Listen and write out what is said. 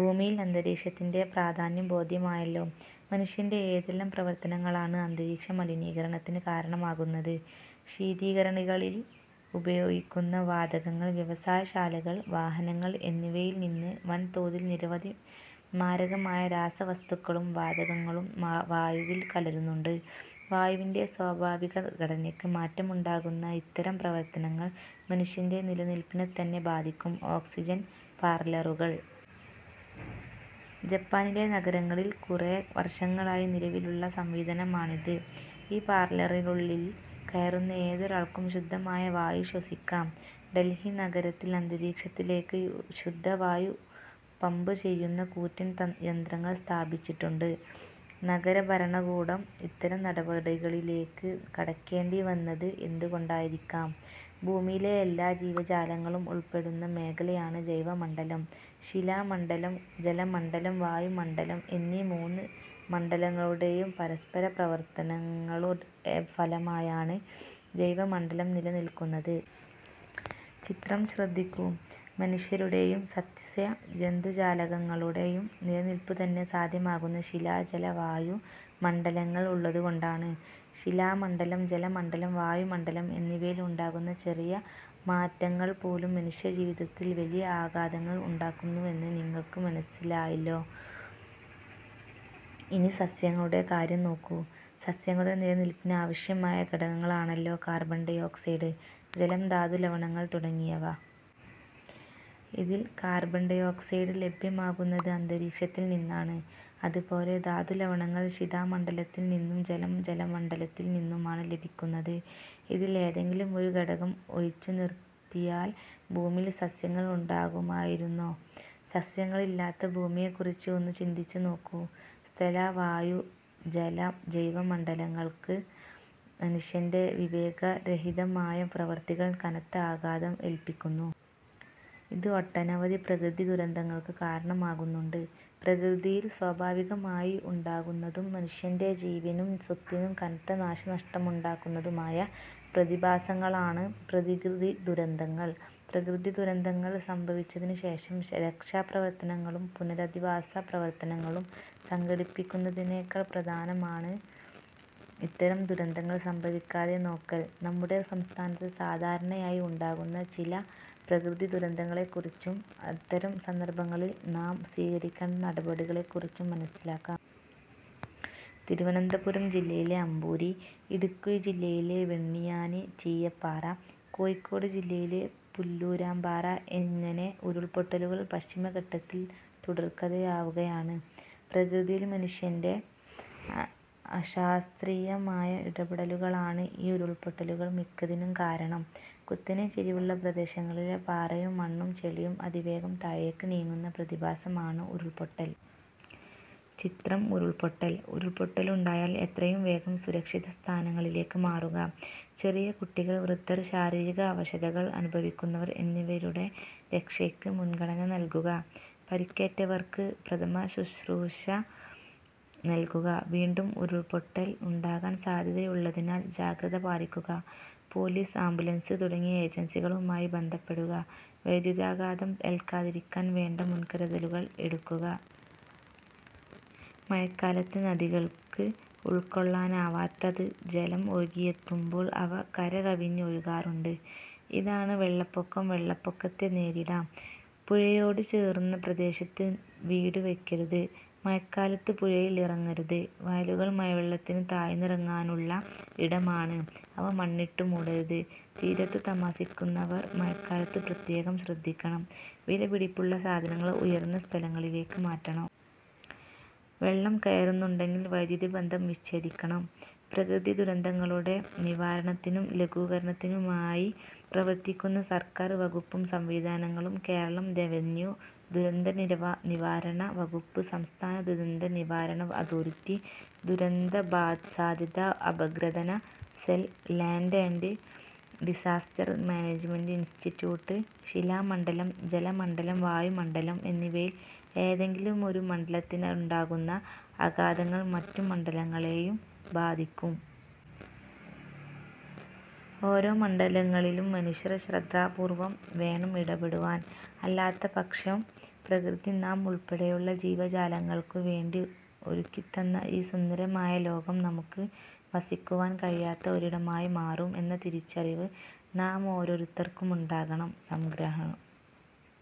ഭൂമിയിൽ അന്തരീക്ഷത്തിന്റെ പ്രാധാന്യം ബോധ്യമായല്ലോ. മനുഷ്യന്റെ ഏതെല്ലാം പ്രവർത്തനങ്ങളാണ് അന്തരീക്ഷ മലിനീകരണത്തിന് കാരണമാകുന്നത്? ശീതീകരണികളിൽ ഉപയോഗിക്കുന്ന വാതകങ്ങൾ വ്യവസായശാലകൾ, വാഹനങ്ങൾ എന്നിവയിൽനിന്ന് വൻതോതിൽ നിരവധി മാരകമായ രാസവസ്തുക്കളും വാതകങ്ങളും വായുവിൽ കലരുന്നുണ്ട്. വായുവിന്റെ സ്വാഭാവികഘടനയ്ക്ക് മാറ്റമുണ്ടാക്കുന്ന ഇത്തരം പ്രവർത്തനങ്ങൾ മനുഷ്യന്റെ നിലനിൽപ്പിനെത്തന്നെ ബാധിക്കും. ഓക്സിജൻ പാർലറുകൾ! ജപ്പാനിലെ നഗരങ്ങളിൽ കുറെ വർഷങ്ങളായി നിലവിലുള്ള സംവിധാനമാണിത്. ഈ പാർലറിനുള്ളിൽ കയറുന്ന ഏതൊരാൾക്കും ശുദ്ധമായ വായു ശ്വസിക്കാം. ഡൽഹി നഗരത്തിൽ അന്തരീക്ഷത്തിലേക്ക് ശുദ്ധവായു പമ്പുചെയ്യുന്ന കൂറ്റൻ യന്ത്രങ്ങൾ സ്ഥാപിച്ചിട്ടുണ്ട്. നഗരഭരണകൂടം ഇത്തരം നടപടികളിലേക്ക് കടക്കേണ്ടിവന്നത് എന്തുകൊണ്ടായിരിക്കാം? ഭൂമിയിലെ എല്ലാ ജീവജാലങ്ങളും ഉൾപ്പെടുന്ന മേഖലയാണ് ജൈവമണ്ഡലം. ശിലാമണ്ഡലം, ജലമണ്ഡലം, വായുമണ്ഡലം എന്നീ മൂന്ന് മണ്ഡലങ്ങളുടെയും പരസ്പരപ്രവർത്തനങ്ങളുടെ ഫലമായാണ് ജൈവമണ്ഡലം നിലനിൽക്കുന്നത്. ചിത്രം ശ്രദ്ധിക്കു. മനുഷ്യരുടെയും സസ്യജന്തുജാലങ്ങളുടെയും നിലനിൽപ്പുതന്നെ സാധ്യമാകുന്നത് ശിലാ ജല-വായു മണ്ഡലങ്ങൾ ഉള്ളതുകൊണ്ടാണ്. ശിലാമണ്ഡലം, ജലമണ്ഡലം, വായുമണ്ഡലം എന്നിവയിൽ ഉണ്ടാകുന്ന ചെറിയ മാറ്റങ്ങൾപോലും മനുഷ്യജീവിതത്തിൽ വലിയ ആഘാതങ്ങൾ ഉണ്ടാക്കുന്നുവെന്ന് നിങ്ങൾ മനസ്സിലാക്കിയല്ലോ. ഇനി സസ്യങ്ങളുടെ കാര്യം നോക്കു. സസ്യങ്ങളുടെ നിലനിൽപ്പിന് ആവശ്യമായ ഘടകങ്ങളാണല്ലോ കാർബൺ ഡൈ ഓക്സൈഡ്, ജലം, ധാതുലവണങ്ങൾ തുടങ്ങിയവ. ഇതിൽ കാർബൺ ഡൈഓക്സൈഡ് ലഭ്യമാകുന്നത്അ ന്തരീക്ഷത്തിൽനിന്നാണ്. അതുപോലെ ധാതുലവണങ്ങൾ ശിലാമണ്ഡലത്തിൽനിന്നും ജലം ജലമണ്ഡലത്തിൽ നിന്നുമാണ് ലഭിക്കുന്നത്. ഇതിൽ ഏതെങ്കിലും ഒരു ഘടകം ഒഴിച്ചുനിർത്തിയാൽ ഭൂമിയിൽ സസ്യങ്ങൾ ഉണ്ടാകുമായിരുന്നോ? സസ്യങ്ങളില്ലാത്ത ഭൂമിയെക്കുറിച്ച് ഒന്നു ചിന്തിച്ചുനോക്കു. സ്ഥല, ജല, വായു, ജൈവമണ്ഡലങ്ങൾക്ക് മനുഷ്യന്റെ വിവേകരഹിതമായ പ്രവൃത്തികൾ കനത്ത ആഘാതം ഏൽപ്പിക്കുന്നു. ഇത് ഒട്ടനവധി പ്രകൃതി ദുരന്തങ്ങൾക്ക് കാരണമാകുന്നുണ്ട്. പ്രകൃതിയിൽ സ്വാഭാവികമായി ഉണ്ടാകുന്നതും മനുഷ്യന്റെ ജീവനും സ്വത്തിനും കനത്ത നാശനഷ്ടമുണ്ടാക്കുന്നതുമായ പ്രതിഭാസങ്ങളാണ് പ്രകൃതിദുരന്തങ്ങൾ. പ്രകൃതിദുരന്തങ്ങൾ സംഭവിച്ചതിനുശേഷം രക്ഷാപ്രവർത്തനങ്ങളും പുനരധിവാസ പ്രവർത്തനങ്ങളും സംഘടിപ്പിക്കുന്നതിനേക്കാൾ പ്രധാനമാണ് ഇത്തരം ദുരന്തങ്ങൾ സംഭവിക്കാതെ നോക്കൽ. നമ്മുടെ സംസ്ഥാനത്ത് സാധാരണയായി ഉണ്ടാകുന്ന ചില പ്രകൃതിദുരന്തങ്ങളെക്കുറിച്ചും അത്തരം സന്ദർഭങ്ങളിൽ നാം സ്വീകരിക്കേണ്ട നടപടികളെക്കുറിച്ചും മനസ്സിലാക്കാം. തിരുവനന്തപുരം ജില്ലയിലെ അമ്പൂരി, ഇടുക്കി ജില്ലയിലെ വെണ്ണിയാനി, ചീയപ്പാറ, കോഴിക്കോട് ജില്ലയിലെ പുല്ലൂരാമ്പാറ ഇങ്ങനെ ഉരുൾപൊട്ടലുകൾ പശ്ചിമഘട്ടത്തിൽ തുടർക്കഥയാവുകയാണ്. പ്രകൃതിയിൽ മനുഷ്യന്റെ അശാസ്ത്രീയമായ ഇടപെടലുകളാണ് ഈ ഉരുൾപൊട്ടലുകൾ മിക്കതിനും കാരണം. കുത്തനെ ചരിവുള്ള പ്രദേശങ്ങളിലെ പാറയും മണ്ണും ചെളിയും അതിവേഗം താഴേക്കു നീങ്ങുന്ന പ്രതിഭാസമാണ് ഉരുൾപൊട്ടൽ. ചിത്രം ഉരുൾപൊട്ടൽ. ഉരുൾപൊട്ടലുണ്ടായാൽ എത്രയും വേഗം സുരക്ഷിതസ്ഥാനങ്ങളിലേക്ക് മാറുക. ചെറിയ കുട്ടികൾ, വൃദ്ധർ, ശാരീരിക അവശതകൾ അനുഭവിക്കുന്നവർ എന്നിവരുടെ രക്ഷയ്ക്ക് മുൻഗണന നൽകുക. പരിക്കേറ്റവർക്ക് പ്രഥമശുശ്രൂഷ നൽകുക. വീണ്ടും ഉരുൾപൊട്ടൽ ഉണ്ടാകാൻ സാധ്യതയുള്ളതിനാൽ ജാഗ്രത പാലിക്കുക. പോലീസ്, ആംബുലൻസ് തുടങ്ങിയ ഏജൻസികളുമായി ബന്ധപ്പെടുക. വൈദ്യുതാഘാതം ഏൽക്കാതിരിക്കാൻ വേണ്ട മുൻകരുതലുകൾ എടുക്കുക. മഴക്കാലത്ത് നദികൾക്ക് ഉൾക്കൊള്ളാനാവാത്തത് ജലം ഒഴുകിയെത്തുമ്പോൾ അവ കര കവിഞ്ഞ് ഒഴുകാറുണ്ട്. ഇതാണ് വെള്ളപ്പൊക്കം. വെളളപ്പൊക്കത്തെ നേരിടാം. പുഴയോടുചേർന്ന പ്രദേശത്ത് വീടുവയ്ക്കരുത്. മഴക്കാലത്ത് പുഴയിൽ ഇറങ്ങരുത്. വയലുകൾ മഴവെള്ളത്തിന് താഴ്ന്നിറങ്ങാനുള്ള ഇടമാണ്. അവ മണ്ണിട്ടുമൂടരുത്. തീരത്തു താമസിക്കുന്നവർ മഴക്കാലത്ത് പ്രത്യേകം ശ്രദ്ധിക്കണം. വിലപിടിപ്പുള്ള സാധനങ്ങൾ ഉയർന്ന സ്ഥലങ്ങളിലേക്ക് മാറ്റണം. വെള്ളം കയറുന്നുണ്ടെങ്കിൽ വൈദ്യുതിബന്ധം വിച്ഛേദിക്കണം. പ്രകൃതിദുരന്തങ്ങളുടെ നിവാരണത്തിനും ലഘൂകരണത്തിനുമായി പ്രവർത്തിക്കുന്ന സർക്കാർ വകുപ്പും സംവിധാനങ്ങളും- കേരള റവന്യൂ-ദുരന്തനിവാരണ വകുപ്പ്, സംസ്ഥാന ദുരന്തനിവാരണ അതോറിറ്റി, ദുരന്ത സാധ്യതാ അപഗ്രഥന cell, land & disaster management institute. ശിലാമണ്ഡലം, ജലമണ്ഡലം, വായുമണ്ഡലം എന്നിവയിൽ ഏതെങ്കിലുമൊരു മണ്ഡലത്തിലുണ്ടാകുന്ന ആഘാതങ്ങൾ മറ്റു മണ്ഡലങ്ങളെയും ബാധിക്കും. ഓരോ മണ്ഡലങ്ങളിലും മനുഷ്യൻ ശ്രദ്ധാപൂർവ്വം വേണം ഇടപെടുവാൻ. അല്ലാത്തപക്ഷം പ്രകൃതി നാം ഉൾപ്പെടെയുള്ള ജീവജാലങ്ങൾക്കു വേണ്ടി ഒരുക്കിത്തന്ന ഈ സുന്ദരമായ ലോകം നമുക്ക് വസിക്കുവാൻ കഴിയാത്ത ഒരിടമായി മാറും എന്ന തിരിച്ചറിവ് നാമോരോരുത്തർക്കും ഉണ്ടാകണം. സംഗ്രഹം-